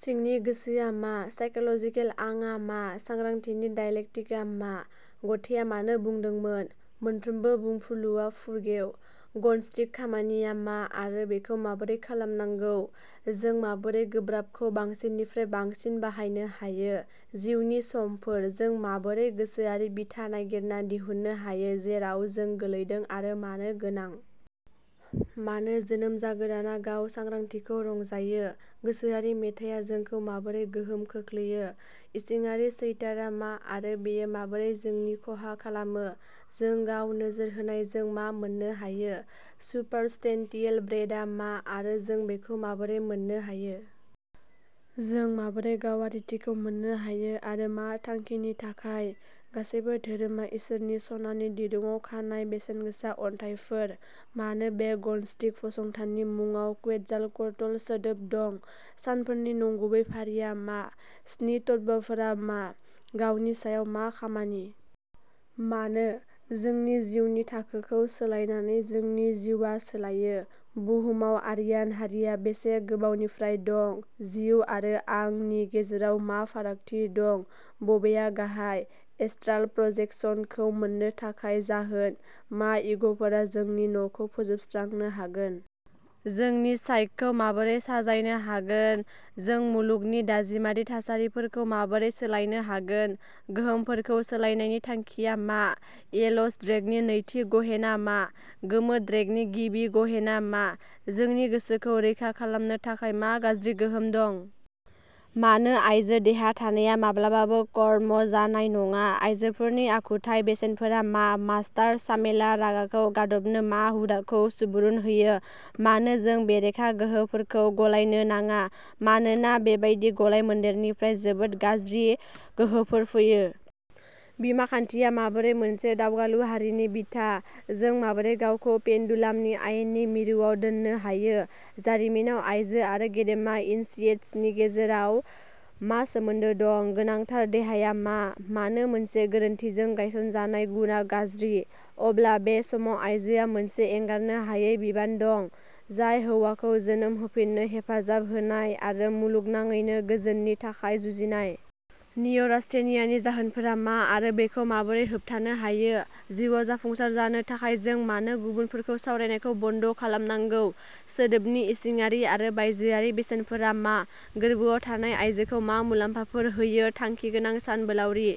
सिंनि गोसोआ मा? साइकिल'जिकेल "आं" आ मा? सांग्रांथिनि डायलेक्टिकआ मा? ग'थेआ मानो बुंदोंमोनः "मोनफ्रोमबो बुंफुरलुआ फुरगेव"? ग'नस्टिक खामानिया मा आरो बेखौ माबोरै खालामनांगौ? जों माबोरै गोब्राबखौ बांसिननिफ्राय बांसिन बाहायनो हायो? जिउनि समफोर? जों माबोरै गोसोआरि बिथा नागिरना दिहुननो हायो जेराव जों गोलैदों आरो मानो गोनां? मानो जोनोम जागोदानआ गाव-सांग्रांथिखौ रंजायो? गोसोआरि मेथाइया जोंखौ माबोरै गोहोम खोख्लैयो? इसिङारि चैटारआ मा आरो बेयो माबोरै जोंनि खहा खालामो? जों गाव-नोजोर होनायजों मा मोन्नो हायो? सुपारसब्स्टेन्टियेल ब्रेडआ मा आरो जों बेखौ माबोरै मोननो हायो? जों माबोरै गावारिथिखौ मोन्नो हायो आरो मा थांखिनि थाखाय? गासैबो धोरोमा इसोरनि सनानि दिरुंआव खानाय बेसेनगोसा अन्थाइफोर। मानो बे ग'नस्टिक फसंथाननि मुंआव क्वेटजालक'टल सोदोब दं? सानफोरनि नंगुबै फारिआ मा? स्नि तत्वाफोरा मा? गावनि सायाव मा खामानि? मानो, जोंनि जिउनि थाखोखौ सोलायनानै जोंनि जिउआ सोलायो? बुहुमाव आरियान हारिआ बेसे गोबावनिफ्राय दं? जिउ आरो "आं" नि गेजेराव मा फारागथि दं? बबेआ गाहाय? एस्ट्राल प्रजेकसनखौ मोन्नो थाखाय जाहोन? मा इग'फोरा जोंनि न'खौ फोजोबस्रांनो हागोन? जोंनि साइकखौ माबोरै साजायनो हागोन? जों मुलुगनि दाजेमारि थासारिफोरखौ माबोरै सोलायनो हागोन? गोहोमफोरखौ सोलायनायनि थांखिया मा? येल'स ड्रेगननि नैथि गहेना मा? गोमो ड्रेगननि गिबि गहेना मा? जोंनि गोसोखौ रैखा खालामनो थाखाय मा गाज्रि गोहोम दं? मानो आइजो देहा थानाया माब्लाबाबो कर्म जानाय नङा? आयजोफोरनि आखुथाय बेसेनफोरा मा? मास्टार सामेलआ रागाखौ गादबनो मा हुदाखौ सुबुरुन होयो? मानो जों बेरेखा गोहोफोरखौ गलायनो नाङा, मानोना बेबादि गलायमोन्देरनिफ्राय जोबोद गाज्रि गोहोफोर फैयो? बिमाखान्थिया माबोरै मोनसे दावगालु हारिनि बिथा? जों माबोरै गावखौ पेन्डुलामनि आयेननि मिरुआव दोननो हायो? जारिमिनाव आइजो आरो गेदेमा इनिसिएट्सनि गेजेराव मा सोमोन्दो दं? गोनांथार देहाया मा? मानो मोनसे गोरोन्थिजों गायसनजानाय गुनआ गाज्रि? अब्ला बे समाव आइजोआ मोनसे एंगारनो हायै बिबान दं, जाय हौवाखौ जोनोम होफिन्नो हेफाजाब होनाय आरो मुलुगनाङैनो गोजोननि थाखाय जुजिनाय। निय'रास्थेनियानि जाहोनफोरा मा आरो बेखौ माबोरै होबथानो हायो? जिउआव जाफुंसार जानो थाखाय जों मानो गुबुनफोरखौ सावरायनायखौ बन्द खालामनांगौ? सोदोबनि इसिङारि आरो बायजोआरि बेसेनफोरा मा? गोरबोआव थानाय आइजोखौ मा मुलाम्फाफोर होयो थांखिगोनां सानबोलावरि?